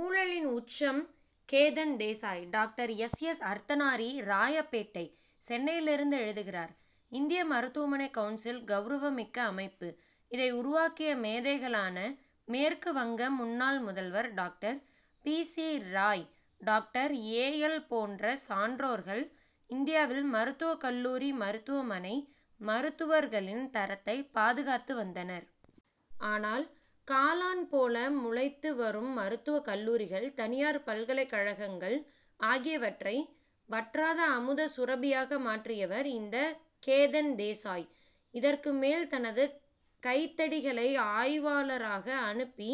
ஊழலின் உச்சம் Ketan Desai! Doctor S. S. Arthanari Royapettah சென்னையிலிருந்து எழுதுகிறார் இந்திய மருத்துவ கவுன்சில் கவுரவமிக்க அமைப்பு. இதை உருவாக்கிய மேதைகளான மேற்கு வங்க முன்னாள் முதல்வர் doctor B. C. Roy doctor A. L. போன்ற சான்றோர்கள் இந்தியாவில் மருத்துவக் கல்லூரி மருத்துவமனை மருத்துவர்களின் தரத்தைப் பாதுகாத்து வந்தனர். ஆனால் காளான் போல முளைத்து வரும் மருத்துவக் கல்லூரிகள் தனியார் பல்கலைக்கழகங்கள் ஆகியவற்றை வற்றாத அமுத சுரபியாக மாற்றியவர் இந்த கேதன் தேசாய். இதற்கு மேல் தனது கைத்தடிகளை ஆய்வாளராக அனுப்பி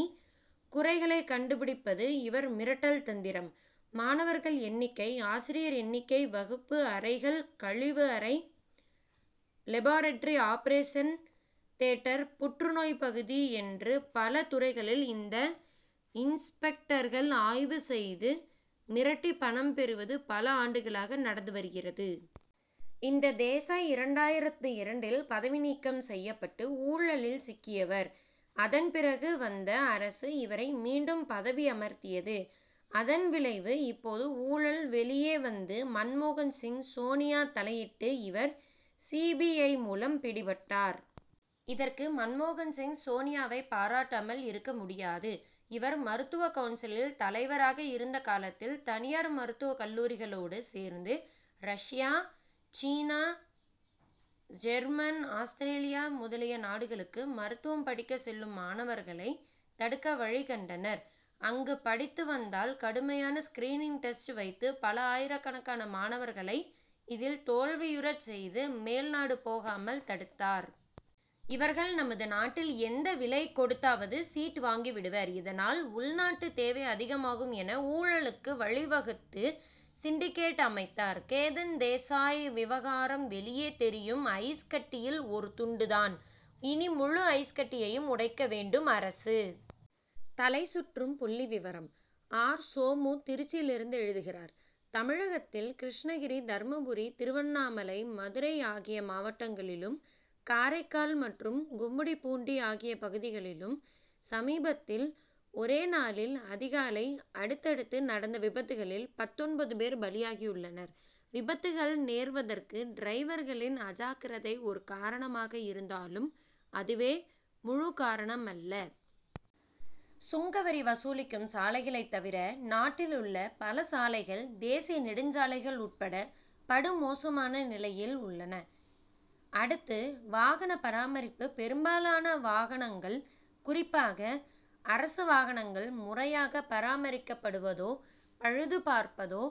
குறைகளை கண்டுபிடிப்பது இவர் மிரட்டல் தந்திரம். மாணவர்கள் எண்ணிக்கை ஆசிரியர் எண்ணிக்கை வகுப்பு அறைகள் கழிவு அறை லேபரட்டரி ஆபரேஷன் தியேட்டர் புறநோய்ப்பகுதி என்று பல துறைகளில் இந்த இன்ஸ்பெக்டர்கள் ஆய்வு செய்து மிரட்டி பணம் பெறுவது பல ஆண்டுகளாக நடந்து வருகிறது. இந்த தேசாய் இரண்டாயிரத்து இரண்டில் பதவி நீக்கம் செய்யப்பட்டு ஊழலில் சிக்கியவர். அதன் பிறகு வந்த அரசு இவரை மீண்டும் பதவி அமர்த்தியது. அதன் விளைவு இப்போது ஊழல் வெளியே வந்து மன்மோகன் சிங் சோனியா தலையிட்டு இவர் சி. பி. ஐ. மூலம் பிடிபட்டார். இதற்கு மன்மோகன் சிங் சோனியாவைப் பாராட்டாமல் இருக்க முடியாது. இவர் மருத்துவ கவுன்சிலில் தலைவராக இருந்த காலத்தில் தனியார் மருத்துவக் கல்லூரிகளோடு சேர்ந்து ரஷ்யா சீனா ஜெர்மன் ஆஸ்திரேலியா முதலிய நாடுகளுக்கு மருத்துவம் படிக்க செல்லும் மாணவர்களை தடுக்க வழிகண்டவர். அங்கு படித்து வந்தால் கடுமையான ஸ்கிரீனிங் டெஸ்ட் வைத்து பல ஆயிரக்கணக்கான மாணவர்களை இதில் தோல்வியுறச் செய்து மேல் நாடு போகாமல் தடுத்தார். இவர்கள் நமது நாட்டில் எந்த விலை கொடுத்தாவது சீட் வாங்கிடுவர். இதனால் உள்நாட்டு தேவை அதிகமாகும் என்று ஊழலுக்கு வழிவகுத்து சிண்டிகேட் அமைத்தார். கேதன் தேசாய் விவகாரம் வெளியே தெரியும் ஐஸ் கட்டியில் ஒரு துண்டு தான். இனி முழு ஐஸ்கட்டியையும் உடைக்க வேண்டும் அரசு. தலைசுற்றும் புள்ளிவிவரம்! ஆர். சோமு திருச்சியிலிருந்து எழுதுகிறார் தமிழகத்தில் கிருஷ்ணகிரி தர்மபுரி திருவண்ணாமலை மதுரை ஆகிய மாவட்டங்களிலும் காரைக்கால் மற்றும் கும்மிடிபூண்டி ஆகிய பகுதிகளிலும் சமீபத்தில் ஒரே நாளில் அதிகாலை அடுத்தடுத்து நடந்த விபத்துகளில் பத்தொன்பது பேர் பலியாகி உள்ளனர். விபத்துகள் நேர்வதற்கு டிரைவர்களின் அஜாக்கிரதை ஒரு காரணமாக இருந்தாலும் அதுவே முழு காரணமல்ல. சுங்கவரி வசூலிக்கும் சாலைகளைத் தவிர நாட்டில் உள்ள பல சாலைகள் தேசிய நெடுஞ்சாலைகள் உட்பட படு மோசமான நிலையில் உள்ளன. அடுத்து வாகன பராமரிப்பு பெரும்பாலான வாகனங்கள் குறிப்பாக அரசு வாகனங்கள் முறையாக பராமரிக்கப்படுவதோ பழுதுபார்ப்பதோ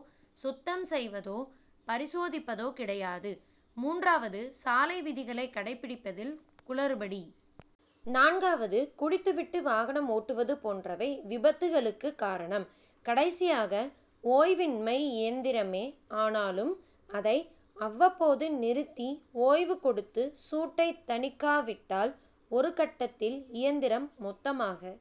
சுத்தம் செய்வதோ பரிசோதிப்பதோ கிடையாது. மூன்றாவது சாலை விதிகளை கடைப்பிடிப்பதில் குளறுபடி. நான்காவது குடித்து விட்டு வாகனம் ஓட்டுவது போன்றவை விபத்துகளுக்கு காரணம். கடைசியாக ஓய்வின்மை இயந்திரமே ஆனாலும் அதை அவ்வப்போது நிறுத்தி ஓய்வு கொடுத்து சூட்டைத் தணிக்காவிட்டால் ஒரு கட்டத்தில் இயந்திரம் மொத்தமாக